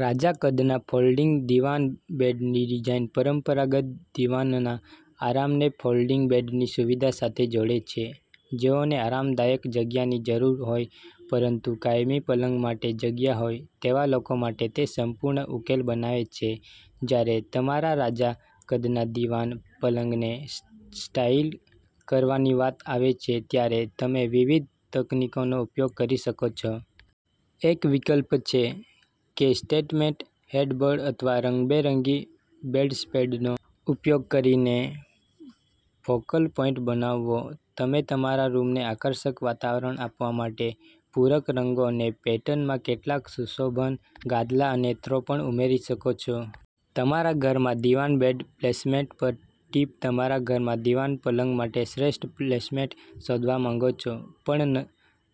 રાજા-કદના folding દીવાન બેડની design પરંપરાગત દીવાનના આરામને folding બેડની સુવિધા સાથે જોડે છે, જેઓને આરામદાયક જગ્યાની જરૂર હોય પરંતુ કાયમી પલંગ માટે જગ્યાહોય તેવા લોકો માટે તે સંપૂર્ણ ઉકેલ બનાવે છે. જ્યારે તમારા રાજા-કદના દીવાન પલંગને સ્ટાઇલ કરવાની વાત આવે છેત્યારે તમે વિવિધ તકનીકોનો ઉપયોગ કરી શકો છો. એક વિકલ્પછે કે સ્ટેટમેન્ટ હેડબોર્ડ અથવા રંગબેરંગી બેડસ્પ્રેડનો ઉપયોગ કરીને ફોકલ પોઇન્ટ બનાવવો. તમે તમારા રૂમને આકર્ષક વાતાવરણ આપવા માટે પૂરક રંગો અને પેટર્નમાં કેટલાક સુશોભન ગાદલા અને થ્રો પણ ઉમેરી શકો છો. તમારા ઘરમાં દિવાન બેડ પ્લેસમેન્ટ પર ટીપ તમારા ઘરમાં દિવાન પલંગ માટે શ્રેષ્ઠ પ્લેસમેન્ટ શોધવા માંગો છો પણ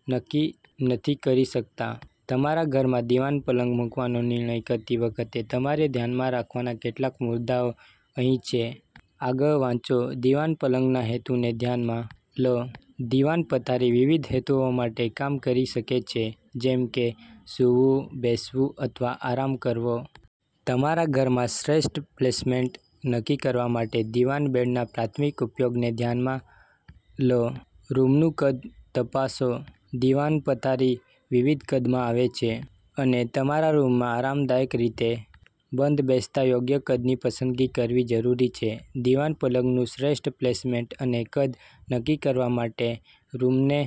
નક્કી નથી કરી શકતા? તમારા ઘરમાં દીવાન પલંગ મૂકવાનો નિર્ણય કરતી વખતે તમારે ધ્યાનમાં રાખવાના કેટલાક મુદ્દાઓ અહીં છેઆગળ વાંચોદિવાન પલંગના હેતુને ધ્યાનમાં લોદિવાન પથારી વિવિધ હેતુઓ માટે કામ કરી શકે છે, જેમ કે સૂવું, બેસવું અથવા આરામ કરવો. તમારા ઘરમાં શ્રેષ્ઠ પ્લેસમેન્ટ નક્કી કરવા માટે દિવાન બેડના પ્રાથમિક ઉપયોગને ધ્યાનમાં લોરૂમનું કદ તપાસોદીવાન પથારી વિવિધ કદમાં આવે છે, અને તમારા રૂમમાં આરામદાયક રીતે બંધબેસતા યોગ્ય કદની પસંદગી કરવી જરૂરી છે. દીવાન પલંગનું શ્રેષ્ઠ પ્લેસમેન્ટ અને કદ નક્કી કરવા માટે રૂમને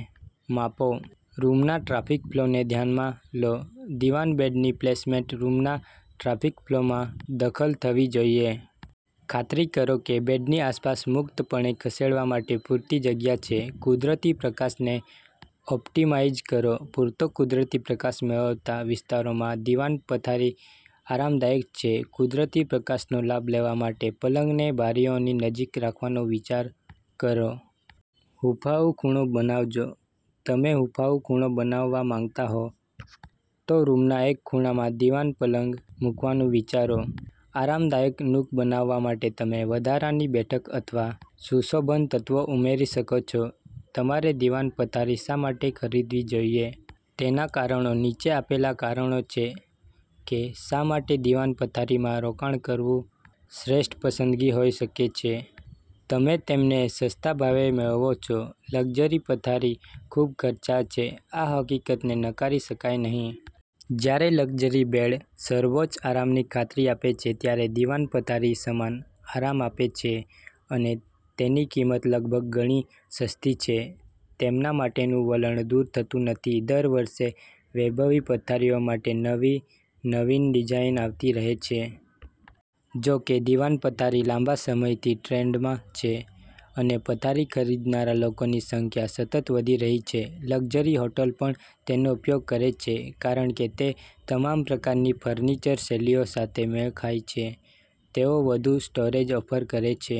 માપોરૂમના ટ્રાફિક ફ્લોને ધ્યાનમાં લોદિવાન બેડની પ્લેસમેન્ટ રૂમના ટ્રાફિક ફ્લોમાં દખલથવી જોઈએ. ખાતરી કરો કે બેડની આસપાસ મુક્તપણે ખસેડવા માટે પૂરતી જગ્યા છે. કુદરતી પ્રકાશને ઑપ્ટિમાઇઝ કરોપૂરતો કુદરતી પ્રકાશ મેળવતા વિસ્તારોમાં દીવાન પથારી આરામદાયક છે. કુદરતી પ્રકાશનો લાભ લેવા માટે પલંગને બારીઓની નજીક રાખવાનો વિચાર કરો. હૂંફાળું ખૂણો બનાવોજો તમે હૂંફાળું ખૂણો બનાવવા માંગતા હો, તો રૂમના એક ખૂણામાં દીવાન પલંગ મૂકવાનું વિચારો. આરામદાયક નૂક બનાવવા માટે તમે વધારાની બેઠક અથવા સુશોભન તત્વો ઉમેરી શકો છો. તમારે દિવાન પથારી શા માટે ખરીદવી જોઈએ તેના કારણો નીચે આપેલા કારણો છે કે શા માટે દિવાન પથારીમાં રોકાણ કરવું શ્રેષ્ઠ પસંદગી હોઈ શકે છેતમે તેમને સસ્તા ભાવે મેળવો છો લક્ઝરી પથારી ખૂબ ખર્ચાળ છેઆ હકીકતને નકારી શકાય નહીં. જ્યારે લક્ઝરી બેડ સર્વોચ્ચ આરામની ખાતરી આપે છે, ત્યારે દિવાન પથારી સમાન આરામ આપે છે અને તેની કિંમત લગભગ ગણી સસ્તી છે. તેમના માટેનું વલણ દૂર થતું નથી દર વર્ષે વૈભવી પથારીઓ માટે નવી, નવીન ડિઝાઇન આવતી રહે છે. જો કે, દિવાન પથારી લાંબા સમયથી ટ્રેન્ડમાં છે અનેપથારી ખરીદનારા લોકોની સંખ્યા સતત વધી રહી છે. લક્ઝરી હોટલ પણ તેનો ઉપયોગ કરે છે કારણ કે તે તમામ પ્રકારની ફર્નિચર શૈલીઓ સાથે મેળ ખાય છે. તેઓ વધુ સ્ટોરેજ ઓફર કરે છે